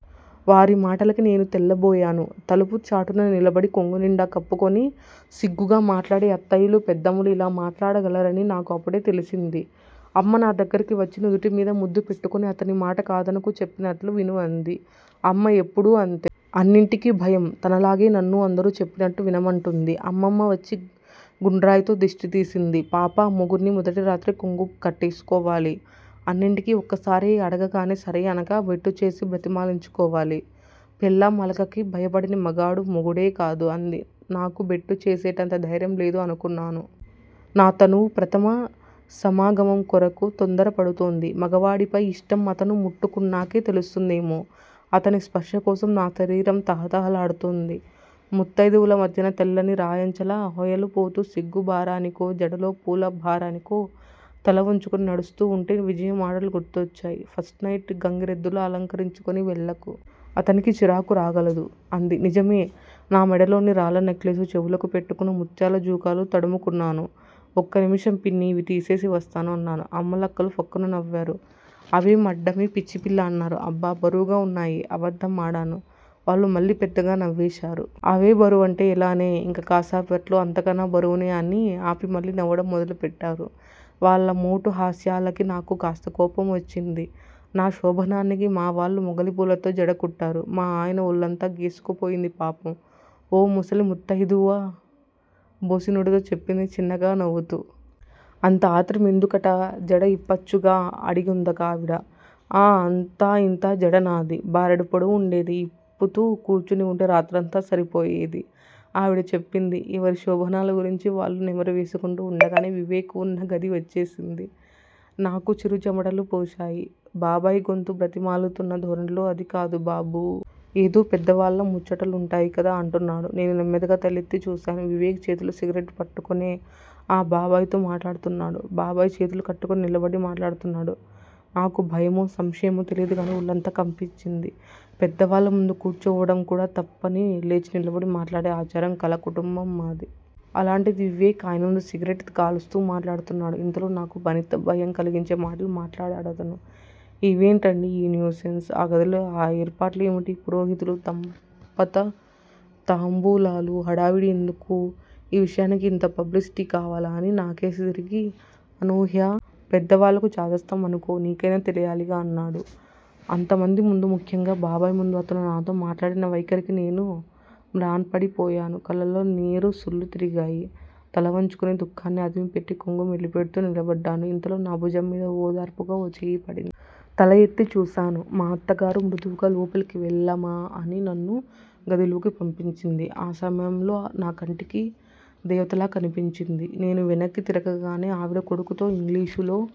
వారి మాటలకి నేను తెల్లబోయాను. తలుపు చాటున నిలబడి, కొంగునిండా కప్పుకుని సిగ్గుగా మాట్లాడే అత్తయ్యలూ, పెద్దమ్మలూ ఇలా మాట్లాడగలరని నాకు అప్పడే తెలిసింది. అమ్మ నా దగ్గరికి వచ్చి నుదుటిమీద ముద్దు పెట్టుకుని అతనిమాట కాదనకు చెప్పినట్లు విను అంది. అమ్మ ఎప్పడూ అంతే. అన్నింటికి భయం. తనలాగే నన్నూ అందరు చెప్పినట్లు వినమంటుంది. అమ్మమ్మ వచ్చి గుండ్రాయితో దిష్టి తీసింది. పాపా! మొగుడ్ని మొదటిరాత్రే కొంగుకి కట్టేసుకోవాలి. అన్నింటికి ఒక్క సారే అడగగానే సరే అనక! బెట్టుచేసి బ్రతిమాలించుకోవాలి. పెళ్ళాం అలకకి భయపడని మగాడు మొగుడే కాదు! అంది. 'నాకు బెట్టుచేసేటంత దైర్యం లేదు' అనుకున్నాను. నా తనువు ప్రథమ సమాగమంకొరకు తొందరపడుతోంది. మగవాడిపై ఇష్టం అతను ముట్టుకున్నకే తెలుస్తుందేమో! అతని స్పర్శకోసం నా శరీరం తహతహలాడుతోంది. ముత్తయిదువల మధ్యన తెల్లని రాయంచలా హోయలుపోతూ సిగ్గు బారానికో, జడలో పూల భారనికో తల వంచుకుని నడుస్తూ వుంటే విజయ మాటలు గుర్తొచ్చాయి. 'ఫస్ట్ నైట్ గంగిరెద్దులా అలకరించుకుని వెళ్ళకు! అతనికి చిరాకు రాగలదు' అంది. నిజమే! నా మెడలోని రాళ్ళ నెక్లెసు చెవులకి పెట్టుకున్న ముత్యాల జూకాలూ తడుముకున్నాను. ఒక్కనిమిషం పిన్ని! ఇవి తీసేసి వస్తాను అన్నాను. అమ్మలక్కలు ఫక్కున నవ్వారు. అవేం అడ్డమే పిచ్చిపిల్లా? అన్నారు. అబ్బ! బరువుగా వున్నాయి అబద్దం ఆడాను. వాళ్ళు మళ్ళీ పెద్దగా నవ్వేశారు. అవేబరువంటే ఎలానే? ఇంక కాసేపట్లో అంతకన్నా బరువుని అని ఆపిమళ్ళీ నవ్వడం మొదలు పెట్టారు. వాళ్ళ మోటు హాస్యాలకి నాకు కాస్త కోపం వచ్చింది. నా శోభనానికి మావాళ్ళు మొగలిపూలతో జడకుట్టారు. మా ఆయన ఒళ్ళంతా గీసుకుపోయింది పాపం! ఓ ముసలి ముత్తయిదున బోసినోటితో చెప్పింది చిన్నగా నవ్వుతూ. అంత ఆత్రమెందుకటా? జడ ఇప్పచ్చుగా? అడిగిందొకావిడ. ఆ అంతా ఇంతా జడ నాది? బారెడు పొడవుండేది ఇప్పుతూ కూర్చునివుంటే రాత్రంతా సరిపోయేది! ఆవిడ చెప్పింది. ఎవరి శోభనాల గురించి వాళ్ళు నెమరు వేసుకుంటూ వుండగానే, వివేక్ వున్న గది వచ్చేసింది. నాకు చిరుచెమటలు పోశాయి. బాబాయ్ గొంతు బ్రతిమాలుతున్న ధోరణిలో అదికాదు బాబూ! ఏదో పెద్దవాళ్ళ ముచ్చటలుంటాయి కదా! అంటున్నాడు. నేను నెమ్మదిగా తలెత్తి చూశాను. వివేక్ చేతిలో సిగరెట్ పట్టుకునే, ఆ బాబాయ్ తో మాట్లాడుతున్నాడు. బాబాయ్ చేతులు కట్టుకుని నిలబడి మాట్లాడుతున్నాడు. నాకు భయమో, సంశయమో తెలీదుకానీ ఒళ్ళంతా కంపించింది పెద్దవాళ్ళ ముందు కూర్చోవడంకూడా తప్పని లేచి నిలబడి మాట్లాడే ఆచారం కళ కుటుంబం మాది! అలాంటిది వివేక్ ఆయనముందు సిగరెట్ కాలుస్తూ మాట్లాడుతున్నాడు! ఇంతలో నాకు మరింత భయం కలిగించే మాటలు మాట్లాడాడు అతను. ఏవిటండి ఈ న్యూసెన్స్? ఆ గదిలో ఆ ఏర్పాట్లు ఏమిటి? పురోహితులూ, దంపత తాంబూలాలూ, హడావిడి ఎందుకూ? ఈ విషయానికి ఇంత పబ్లిసిటి కావాలా? అని నాకేసి తిరిగి- అనూహ్యా! పెద్దవాళ్ళకు చాదస్తం అనుకో నీకైనా తెలియాలిగా! అన్నాడు. అంతమంది ముందు, ముఖ్యంగా బాబాయ్ ముందు అతను నాతో మాట్లాడిన వైఖరికి నేను మ్రాన్పడి పోయాను. కళ్ళల్లో నీరు సుళ్లు తిరిగాయి. తలవంచుకుని దుఃఖాన్ని అదిమిపెట్టి, కొంగు మెలిపెడ్తూ నిలబడ్డాను. ఇంతలో నా భుజంమీద ఓదార్పుగా ఓ చెయ్యి పడింది. తల ఎత్తి చూశాను. మా అత్తగారు మృదువుగా లోపలికి వెళ్ళమా అని నన్ను గదిలోకి పంపించింది. ఆ సమయంలో నా కంటికి దేవతలా కనిపించింది. నేను వెనక్కి తిరగగానే ఆవిడ కొడుకుతో ఇంగ్లీషులో-